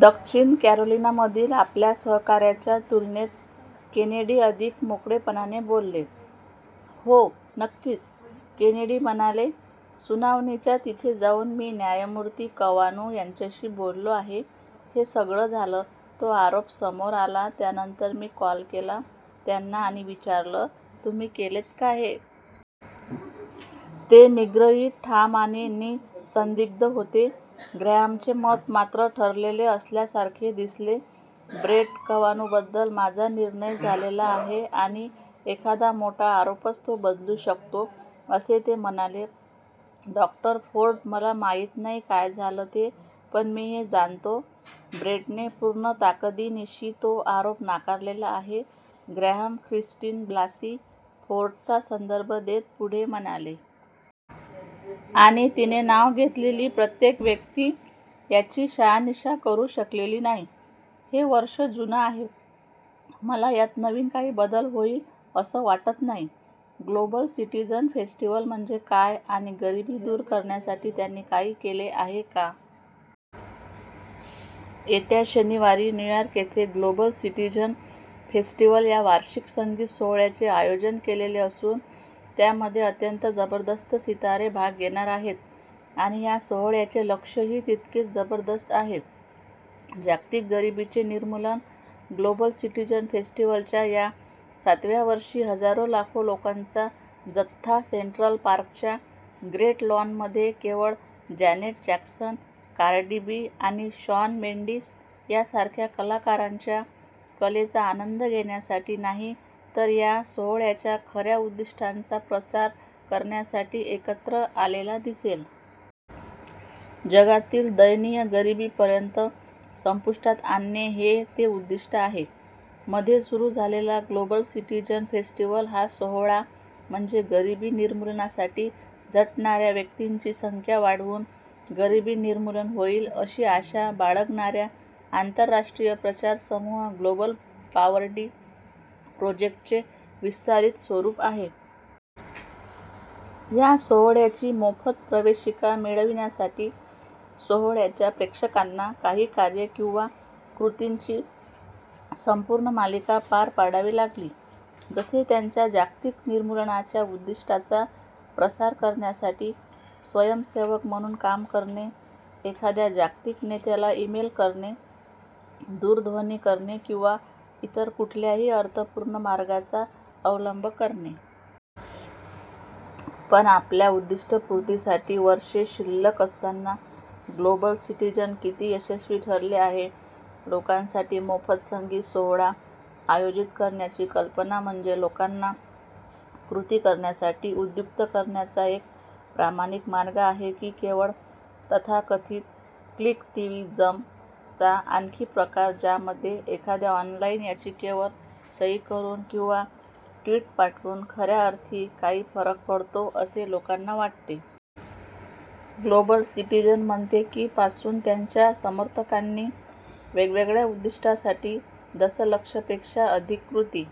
दक्षिण कॅरोलिनामधील आपल्या सहकाऱ्याच्या तुलनेत केनेडी अधिक मोकळेपणाने बोलले. "हो, नक्कीच," केनेडी म्हणाले. "सुनावणीच्या तिथे जाऊन मी न्यायमूर्ती कवानु यांच्याशी बोललो आहे. हे सगळं झालं, तो आरोप समोर आला त्यानंतर मी कॉल केला त्यांना आणि विचारलं, 'तुम्ही केलंत का हे? ' ते निग्रही, ठाम आणि निःसंदिग्ध होते. " ग्रॅहमचे मत, मात्र, ठरलेले असल्यासारखे दिसले. "ब्रेट कवानुबद्दल माझा निर्णय झालेला आहे आणि एखादा मोठा आरोपच तो बदलू शकतो," असे ते म्हणाले. "डॉ. फोर्ड, मला माहीत नाही काय झालं ते, पण मी हे जाणतो: ब्रेटने पूर्ण ताकदीनिशी तो आरोप नाकारलेला आहे," ग्रॅहम क्रिस्टिन ब्लासी फोर्डचा संदर्भ देत पुढे म्हणाले. "आणि तिने नाव घेतलेली प्रत्येक व्यक्ती याची शहानिशा करू शकलेली नाही. हे वर्षे जुनं आहे. मला यात नवीन काही बदल होईल असं वाटत नाही. " ग्लोबल सिटीझन फेस्टिव्हल म्हणजे काय आणि गरिबी दूर करण्यासाठी त्यांनी काही केले आहे का? येत्या शनिवारी न्यूयॉर्क येथे ग्लोबल सिटिझन फेस्टिव्हल या वार्षिक संगीत सोहोळ्याचे आयोजन केलेले असून त्यामध्ये अत्यंत जबरदस्त सितारे भाग घेणार आहेत आणि या सोहोळ्याचे लक्ष्यही तितकेच जबरदस्त आहे; जागतिक गरिबीचे निर्मूलन. ग्लोबल सिटीझन फेस्टिव्हलच्या या सातव्या वर्षी हजारो लाखो लोकांचा जत्था सेंट्रल पार्कच्या ग्रेट लॉनमध्ये केवळ जॅनेट जॅक्सन, कार्डी बी आणि शॉन मेन्डिस यांसारख्या कलाकारांच्या कलेचा आनंद घेण्यासाठी नाही तर या सोहोळ्याच्या खऱ्या उद्दिष्टाचा प्रसार करण्यासाठी एकत्र आलेला दिसेल. जगातील दयनीय गरिबी पर्यंत संपुष्टात आणणे हे ते उद्दिष्ट आहे. मध्ये सुरु झालेला ग्लोबल सिटीझन फेस्टिव्हल हा सोहोळा म्हणजे गरिबी निर्मूलनासाठी झटणाऱ्या व्यक्तींची संख्या वाढवून गरिबी निर्मूलन होईल अशी आशा बाळगणाऱ्या आंतरराष्ट्रीय प्रचार समूह ग्लोबल पॉवर्टी प्रोजेक्टचे विस्तारीत स्वरूप आहे. या सोहोळ्याची मोफत प्रवेशिका मिळविण्यासाठी, सोहोळ्याच्या प्रेक्षकांना काही कार्ये किंवा "कृतींची" संपूर्ण मालिका पार पाडावी लागली. जसे त्यांच्या जागतिक निर्मूलनाच्या उद्दिष्टाचा प्रसार करण्यासाठी स्वयंसेवक म्हणून काम करणे, एखाद्या जागतिक नेत्याला ईमेल करणे, दूरध्वनी करणे किंवा इतर कुठल्याही अर्थपूर्ण मार्गाचा अवलंब करणे. पण आपल्या उद्दिष्टपूर्तीसाठी वर्षे शिल्लक असताना ग्लोबल सिटीझन किती यशस्वी ठरले आहे? लोकांसाठी मोफत संगीत सोहोळा आयोजित करण्याची कल्पना म्हणजे लोकांना कृती करण्यासाठी उद्युक्त करण्याचा एक प्रामाणिक मार्ग आहे की केवळ तथाकथित "क्लिकटिव्हिजम" चा आणखी प्रकार-ज्यामध्ये एखाद्या ऑनलाईन याचिकेवर सही करून किंवा ट्विट पाठवून खऱ्या अर्थी काही फरक पडतो असे लोकांना वाटते? ग्लोबल सिटीझन म्हणते की पासून त्यांच्या समर्थकांनी वेगवेगळ्या उद्दिष्टांसाठी दशलक्षपेक्षा अधिक "कृती"